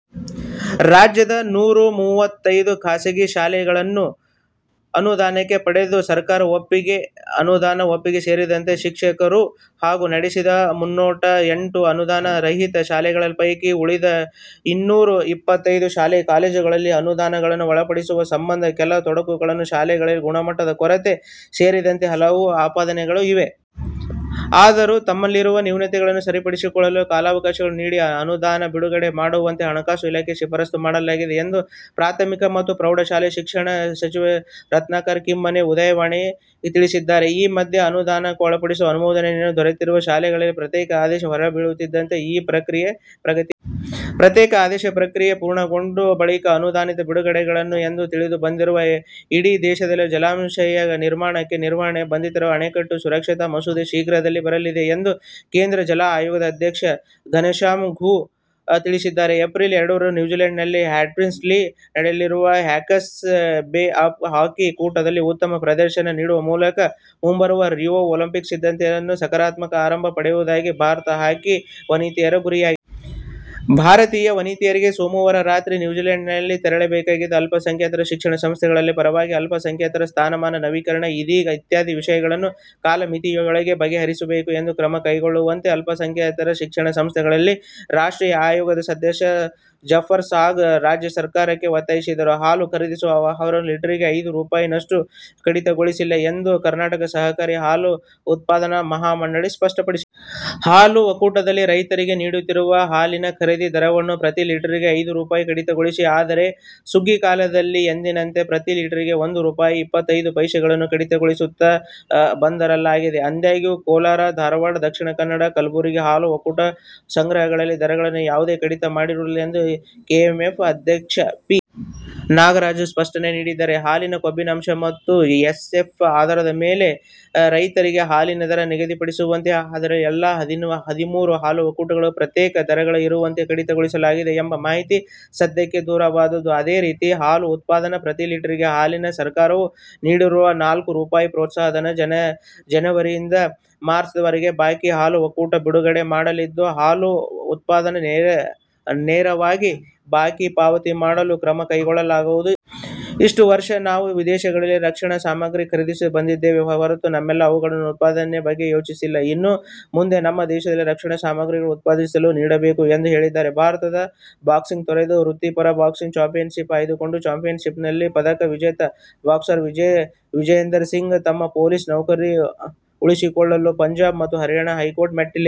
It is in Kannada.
ರಾಜ್ಯದ ನೂರ ಮೂವತ್ತೈದು ಖಾಸಗಿ ಶಾಲೆಗಳನ್ನು ಅನುದಾನಕ್ಕೆ ಒಳಪಡಿಸಲು ಸರ್ಕಾರ ಒಪ್ಪಿದೆ. ಅನುದಾನದ ವ್ಯಾಪ್ತಿಗೆ ಸೇರಿಸುವಂತೆ ಶಿಕ್ಷಕರು ಪ್ರತಿಭಟನೆ ನಡೆಸಿದ್ದ ಮುನ್ನೂರ ಎಂಟು ಅನುದಾನ ರಹಿತ ಶಾಲಾ ಕಾಲೇಜುಗಳ ಪೈಕಿ ಉಳಿದ ಇನ್ನೂರ ಎಪ್ಪತ್ಮೂರು ಶಾಲಾ- ಕಾಲೇಜುಗಳನ್ನು ಅನುದಾನಕ್ಕೆ ಒಳಪಡಿಸುವ ಸಂಬಂಧ ಕೆಲವು ತೊಡಕುಗಳಿವೆ. ಈ ಶಾಲೆಗಳಲ್ಲಿ ಗುಣಮಟ್ಟದ ಕೊರತೆ ಸೇರಿದಂತೆ ಹಲವು ಆಪಾದನೆಗಳೂ ಇವೆ. ಆದರೂ ತಮ್ಮಲ್ಲಿರುವ ನ್ಯೂನತೆಗಳನ್ನು ಸರಿಪಡಿಸಿಕೊಳ್ಳಲು ಕಾಲಾವಕಾಶ ನೀಡಿ ಅನುದಾನ ಬಿಡುಗಡೆ ಮಾಡುವಂತೆ ಹಣಕಾಸು ಇಲಾಖೆಗೆ ಶಿಫಾರಸು ಮಾಡಲಾಗಿದೆ ಎಂದು ಪ್ರಾಥಮಿಕ ಮತ್ತು ಪ್ರೌಢ ಶಿಕ್ಷಣ ಸಚಿವ ಕಿಮ್ಮನೆ ರತ್ನಾಕರ '''ಉದಯವಾಣಿ''ಗೆ ತಿಳಿಸಿದ್ದಾರೆ. ಈ ಮಧ್ಯೆ ಅನುದಾನಕ್ಕೊಳಪಡಿಸಲು ಅನುಮೋದನೆ ದೊರೆತಿರುವ ಶಾಲೆಗಳಿಗೆ ಪ್ರತ್ಯೇಕ ಆದೇಶ ಹೊರಬೀಳಬೇಕಿರುವುದರಿಂದ ಆ ಪ್ರಕ್ರಿಯೆ ಪ್ರಗತಿಯಲ್ಲಿದೆ. ಪ್ರತ್ಯೇಕ ಆದೇಶ ಪ್ರಕ್ರಿಯೆ ಪೂರ್ಣಗೊಂಡ ಬಳಿಕ ಅನುದಾನ ಬಿಡುಗಡೆಯಾಗಲಿದೆ ಎಂದು ತಿಳಿದು ಬಂದಿದೆ. ಇಡೀ ದೇಶದಲ್ಲಿನ ಜಲಾಶಯಗಳ ನಿರ್ಮಾಣ ಮತ್ತು ನಿರ್ವಹಣೆಗೆ ಸಂಬಂಧಿಸಿದಂತೆ "ಅಣೆಕಟ್ಟೆ ಸುರಕ್ಷತಾ ಮಸೂದೆ' ಶೀಘ್ರದಲ್ಲೇ ಬರಲಿದೆ ಎಂದು ಕೇಂದ್ರ ಜಲ ಆಯೋಗದ ಅಧ್ಯಕ್ಷ ಘನಶ್ಯಾಮ್ ಝಾ ತಿಳಿಸಿದರು. ಎಪ್ರಿಲ್ ಎರಡರಿಂದ ನ್ಯೂಜಿಲ್ಯಾಂಡಿನ ಹಾಸ್ಟಿಂಗ್ಸ್ನಲ್ಲಿ ನಡೆಯಲಿರುವ ಹಾಕೆಸ್ ಬೇ ಕಪ್ ಹಾಕಿ ಕೂಟದಲ್ಲಿ ಉತ್ತಮ ಪ್ರದರ್ಶನ ನೀಡುವ ಮೂಲಕ ಮುಂಬರುವ ರಿಯೋ ಒಲಿಂಪಿಕ್ಸ್ ಸಿದ್ಧತೆಗೆ ಸಕಾರಾತ್ಮಕ ಆರಂಭ ಪಡೆಯುವುದು ಭಾರತ ಹಾಕಿ ವನಿತೆಯರ ಗುರಿಯಾಗಿದೆ. ಭಾರತೀಯ ವನಿತೆಯರು ಸೋಮವಾರ ರಾತ್ರಿ ನ್ಯೂಜಿಲ್ಯಾಂಡಿಗೆ ತೆರಳಿದ್ದಾರೆ. ಅಲ್ಪಸಂಖ್ಯಾತರ ಶಿಕ್ಷಣ ಸಂಸ್ಥೆಗಳಿಗೆ ಪರವಾನಗಿ, ಅಲ್ಪಸಂಖ್ಯಾತ ಸ್ಥಾನಮಾನ, ನವೀಕರಣ ಇತ್ಯಾದಿ ವಿಷಯಗಳನ್ನು ಕಾಲಮಿತಿಯೊಳಗೆ ಬಗೆಹರಿಸಲು ಕ್ರಮ ಕೈಗೊಳ್ಳುವಂತೆ ಅಲ್ಪಸಂಖ್ಯಾತರ ಶಿಕ್ಷಣ ಸಂಸ್ಥೆಗಳ ರಾಷ್ಟ್ರೀಯ ಆಯೋಗದ ಸದಸ್ಯ ಜಫರ್ ಆಗಾ ರಾಜ್ಯ ಸರ್ಕಾರವನ್ನು ಒತ್ತಾಯಿಸಿದ್ದಾರೆ. ಹಾಲು ಖರೀದಿ ದರವನ್ನು ಲೀಟರ್ಗೆ ಐದು ರೂಪಾಯಿ ನಷ್ಟು ಕಡಿತಗೊಳಿಸಿಲ್ಲ ಎಂದು ಕರ್ನಾಟಕ ಸಹಕಾರಿ ಹಾಲು ಉತ್ಪಾದಕರ ಮಹಾಮಂಡಳ ಸ್ಪಷ್ಟಪಡಿಸಿದೆ. ಹಾಲು ಒಕ್ಕೂಟಗಳು ರೈತರಿಗೆ ನೀಡುತ್ತಿರುವ ಹಾಲಿನ ಖರೀದಿ ದರದಲ್ಲಿ ಪ್ರತಿ ಲೀಟರ್ಗೆ ಐದು ರೂಪಾಯಿ ಕಡಿತಗೊಳಿಸಿಲ್ಲ. ಆದರೆ, ಸುಗ್ಗಿ ಕಾಲದಲ್ಲಿ ಎಂದಿನಂತೆ ಪ್ರತಿ ಲೀಟರ್ಗೆ ಒಂದು ರೂಪಾಯಿ ಐವತ್ತು ಪೈಸೆವರೆಗೆ ಕಡಿತಗೊಳಿಸುತ್ತಾ ಬರಲಾಗಿದೆ. ಅದಾಗ್ಯೂ ಕೋಲಾರ, ಧಾರವಾಡ, ದಕ್ಷಿಣ ಕನ್ನಡ ಮತ್ತು ಕಲಬುರಗಿ ಹಾಲು ಒಕ್ಕೂಟಗಳು ಹಾಲು ಸಂಗ್ರಹಣೆ ದರದಲ್ಲಿ ಯಾವುದೇ ಕಡಿತ ಮಾಡಿರುವುದಿಲ್ಲ ಎಂದು ಕೆಎಂಎಫ್ ಅಧ್ಯಕ್ಷ ಪಿ. ನಾಗರಾಜು ಸ್ಪಷ್ಟನೆ ನೀಡಿದ್ದಾರೆ. ಹಾಲಿನ ಕೊಬ್ಬಿನಾಂಶ ಮತ್ತು ಎಸ್ಎನ್ಎಫ್ ಆಧಾರದ ಮೇಲೆ ರೈತರಿಗೆ ಹಾಲಿನ ದರ ನಿಗದಿಪಡಿಸಲಾಗುತ್ತದೆ. ಅದರಂತೆ ಎಲ್ಲಾ ಹದಿಮೂರು ಹಾಲು ಒಕ್ಕೂಟಗಳಲ್ಲಿ ಪ್ರತ್ಯೇಕ ದರ ಇರುತ್ತದೆ. ಕಡಿತಗೊಳಿಸಲಾಗಿದೆ ಎಂಬ ಮಾಹಿತಿ ಸತ್ಯಕ್ಕೆ ದೂರವಾದದ್ದು. ಅದೇ ರೀತಿ ಹಾಲು ಉತ್ಪಾದಕರಿಗೆ ಪ್ರತಿ ಲೀಟರ್ ಹಾಲಿಗೆ ಸರ್ಕಾರ ನೀಡುತ್ತಿರುವ ನಾಲ್ಕು ರೂಪಾಯಿ ಪ್ರೋತ್ಸಾಹಧನದ ಜನವರಿಯಿಂದ ಮಾರ್ಚ್ವರೆಗಿನ ಬಾಕಿಯನ್ನು ಹಾಲು ಒಕ್ಕೂಟಗಳಿಗೆ ಬಿಡುಗಡೆ ಮಾಡಲಾಗಿದ್ದು, ಹಾಲು ಉತ್ಪಾದಕರಿಗೆ ನೇರವಾಗಿ ಬಾಕಿ ಪಾವತಿ ಮಾಡಲು ಕ್ರಮ ಕೈಗೊಳ್ಳಲಾಗುತ್ತಿದೆ ಎಂದಿದ್ದಾರೆ. ಇಷ್ಟು ವರ್ಷ ನಾವು ವಿದೇಶಗಳಿಂದ ರಕ್ಷಣಾ ಸಾಮಗ್ರಿ ಖರೀದಿಸುತ್ತ ಬಂದಿದ್ದೇವೆಯೇ ಹೊರತು ನಮ್ಮಲ್ಲೇ ಅವುಗಳನ್ನು ಉತ್ಪಾದಿಸುವ ಬಗ್ಗೆ ಯೋಚಿಸಲಿಲ್ಲ. ಇನ್ನು ಮುಂದೆ ನಮ್ಮ ದೇಶದಲ್ಲೇ ರಕ್ಷಣಾ ಸಾಮಗ್ರಿಗಳನ್ನು ಉತ್ಪಾದಿ ಸಲು ಒತ್ತು ನೀಡಬೇಕು ಎಂದೂ ಹೇಳಿದ್ದಾರೆ. ಭಾರತದ ಬಾಕ್ಸಿಂಗ್ ತೊರೆದು ವೃತ್ತಿ ಪರ ಬಾಕ್ಸಿಂಗ್ ಚಾಂಪಿಯನ್ಶಿಪ್ ಆಯ್ದುಕೊಂಡ ಒಲಿಂಪಿಕ್ಸ್ ಪದಕ ವಿಜೇತ ಬಾಕ್ಸರ್ ವಿಜೇಂದರ್ ಸಿಂಗ್ ತಮ್ಮ ಪೊಲೀಸ್ ನೌಕರಿ ಉಳಿಸಿಕೊಳ್ಳಲು ಪಂಜಾಬ್ ಮತ್ತು ಹರಿಯಾಣ ಹೈಕೋರ್ಟ್ ಮೆಟ್ಟಿಲೇರಿದ್ದಾರೆ.